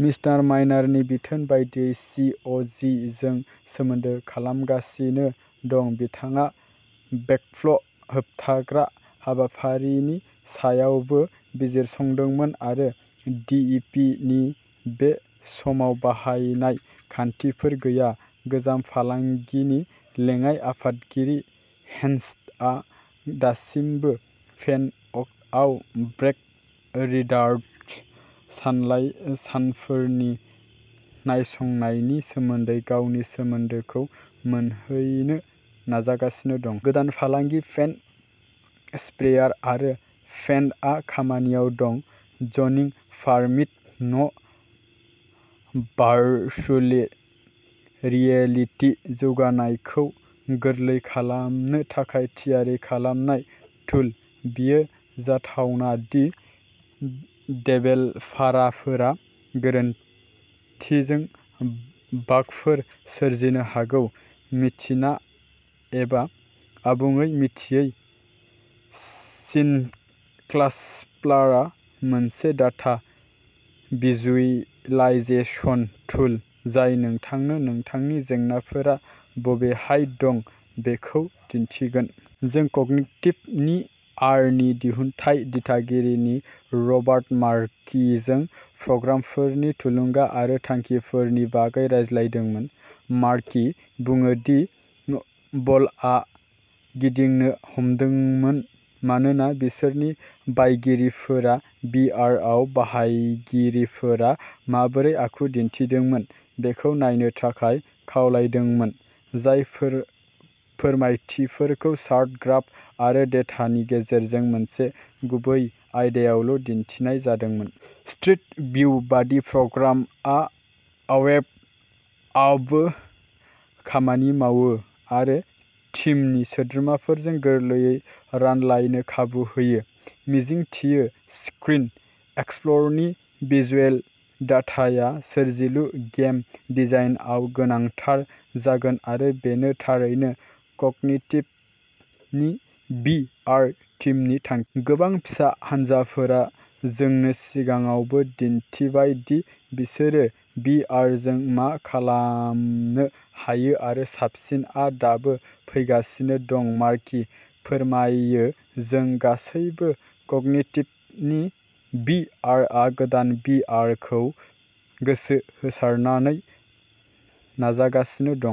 Mister माइनारनि बिथोन बायदियै सि. अ. जि. जों सोमोन्दो खालामगासिनो दं। बिथाङा बेकफ्ल' होबथाग्रा हाबाफारिनि सायावबो बिजिरसंदोंमोन आरो डि. इ. पि. नि बे समाव बाहायनाय खान्थिफोर गैया। गोजाम फालांगिनि लेङाइ आफादगिरि हेनस्टआ दासिमबो पेन अटआव ब्रेक रिडार्ड सानलाय सानफोरनि नायसंनायनि सोमोन्दै गावनि सोमोन्दोखौ मोनहैनो नाजागासिनो दं। गोदान फालांगि पेन्ट स्प्रेयार आरो पेन्टआ खामानियाव दं। ज'निं पारमिट न भार्चुले रियेलिटि जौगानायखौ गोरलै खालामनो थाखाय थियारि खालामनाय टुल। बेयो जाथावना दि देभेलपारफोरा गोरोन्थिजों बागफोर सोरजिनो हागौ मिथिना एबा आबुङै मिथियै। सिनक्लासप्लारा मोनसे डाटा भिजुएलाइजेसन टुल जाय नोंथांनो नोंथांनि जेंनाफोरा बबेहाय दं बेखौ दिन्थिगोन। जों कगनिटिभ भि आर नि दिहुनथाइ दिथागिरि रबार्ट मार्किजों प्रग्रामफोरनि थुलुंगा आरो थांखिफोरनि बागै रायज्लायदोंमोन। मार्कि बुङो दि बलआ गिदिंनो हमदोंमोन मानोना बिसोरनि बायगिरिफोरा भि आरआव बाहायगिरिफोरा माबोरै आखु दिन्थिदोंमोन बेखौ नायनो थाखाय खावलायदोंमोन, जाय फोर फोरमायथिफोरखौ चार्ट, ग्राफ आरो डेटानि गेजेरजों मोनसे गुबै आयदायावल' दिन्थिनाय जादोंमोन। स्ट्रिट भिउ बायदि, प्रग्रामआ अवेब आवबो खामानि मावो आरो टिमनि सोद्रोमाफोरजों गोरलैयै रानलायनो खाबु होयो। मिजिंथियो, स्क्रिन एक्सप्लरनि भिजुएल डाटाया सोरजिलु गेम डिजाइनआव गोनांथार जागोन आरो बेनो थारैनो कगनिटिभनि भि आर टिमनि थां गोबां फिसा हानजाफोरा जोंनो सिगाङावनो दिन्थिबाय दि बिसोरो भि आर जों मा खालामनो हायो आरो साबसिनआ दाबो फैगासिनो दं मार्कि फोरमायो। जों गासैबो कगनिटिभनि भि आरआव गोदान भि आरखौ गोसो होसारनानै नाजागासिनो दं।